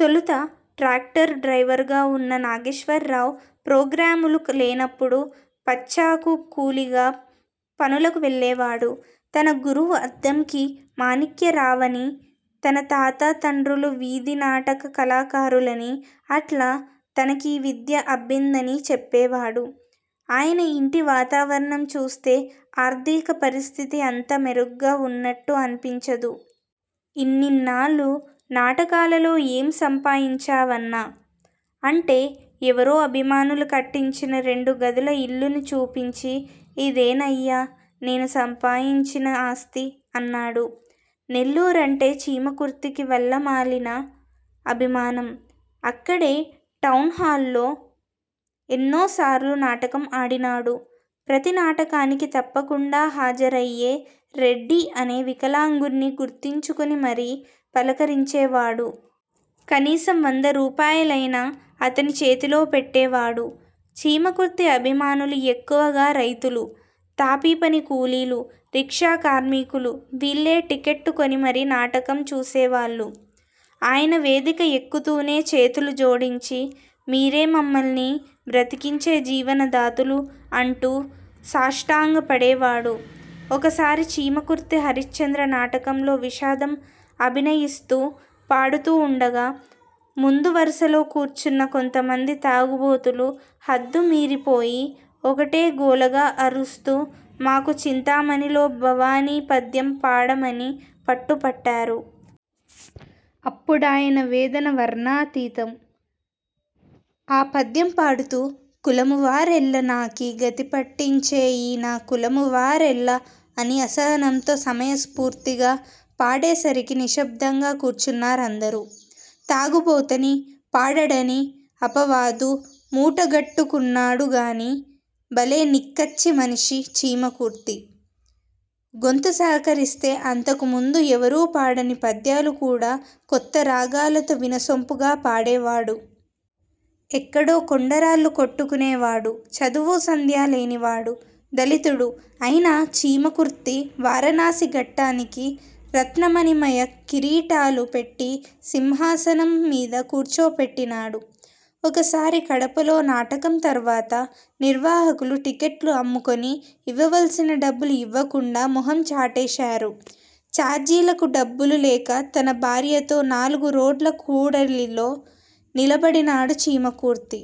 తొలుత ట్రాక్టరు డ్రైవరుగా వున్న నాగేశ్వర్రావు ప్రోగ్రాములు లేనపుడు పచ్చాకు కూలీగా పనులకు వెళ్ళేవాడు. తన గురువు అద్దంకి మాణిక్యరావనీ; తన తాత, తండ్రులు వీధినాటక కళాకారులని అట్లా తనకీ విద్య అబ్బిందనీ చెప్పేవాడు. ఆయన యింటి వాతావరణం చూస్తే ఆర్థిక పరిస్థితి అంత మెరుగ్గా వున్నట్టు అన్పించదు. 'ఇన్నినాళ్లు నాటకాలలో ఏం సంపాయించావన్నా! ' అంటే, ఎవరో అభిమానులు కట్టించిన రెండు గదుల ఇల్లును చూపించి 'ఇదేనయ్యా! నేను సంపాయించిన ఆస్తి' అన్నాడు. నెల్లూరంటే చీమకుర్తికి వల్లమాలిన అభిమానం. అక్కడే టౌన్హాల్లో ఎన్నోసార్లు నాటకం ఆడినాడు. ప్రతి నాటకానికీ తప్పకుండా హాజరయ్యే 'రెడ్డి' అనే వికలాంగుణ్ణి గుర్తుంచుకునిమరీ పలకరించేవాడు. కనీసం వందరూపాయలయినా అతని చేతిలో పెట్టేవాడు. చీమకుర్తి అభిమానులు ఎక్కువగా రైతులు, తాపీపని కూలీలు, రిక్షా కార్మికులు వీళ్ళే టిక్కెట్టు కొని మరీ నాటకం చూసేవాళ్ళు. ఆయన వేదిక ఎక్కుతూనే చేతులు జోడించి 'మీరే మమ్మల్ని బ్రతికించే జీవన దాతలు' అంటూ సాష్టాంగ పడేవాడు. ఒకసారి చీమకుర్తి హరిశ్చంద్ర నాటకంలో విషాదం అభినయిస్తూ పాడుతూ వుండగా ముందు వరుసలో కూర్చున్న కొంతమంది తాగుబోతులు హద్దు మీరిపోయి ఒకటే గోలగా అరుస్తూ 'మాకు చింతామణిలో భవాని పద్యం పాడ'మని పట్టుపట్టారు. అప్పుడాయన వేదన వర్ణనాతీతం. ఆ పద్యం పాడుతూ 'కులము వారెల్ల నాకీ గతి పట్టించే ఈ నా కులము వారెల్ల' అని అసహనంతో సమయస్ఫూర్తిగా పాడేసరికి నిశ్శబ్దంగా కూర్చున్నారందరూ. తాగుబోతని, పాడడని అపవాదు మూటగట్టుకున్నాడు గానీ, బలే నిక్కచ్చి మనిషి చీమకుర్తి. గొంతు సహకరిస్తే అంతకుముందు ఎవరూ పాడని పద్యాలు కూడా కొత్త రాగాలతో వినసొంపుగా పాడేవాడు. ఎక్కడో కొండరాళ్ళు కొట్టుకునే వాడూ, చదువూసంధ్యాలేని వాడూ, దళితుడూ అయిన చీమకుర్తి వారణాసి ఘట్టానికి రత్నమణిమయ కిరీటాలు పెట్టి సింహాసనం మీద కూర్చోపెట్టినాడు. ఒకసారి కడపలో నాటకం తర్వాత నిర్వాహకులు టిక్కెట్లు అమ్ముకొని ఇవ్వవలసిన డబ్బులు ఇవ్వకుండా మొహం చాటేశారు. చార్జీలకి డబ్బులు లేక తన భార్యతో నాలుగు రోడ్ల కూడలిలో నిలబడినాడు చీమకుర్తి.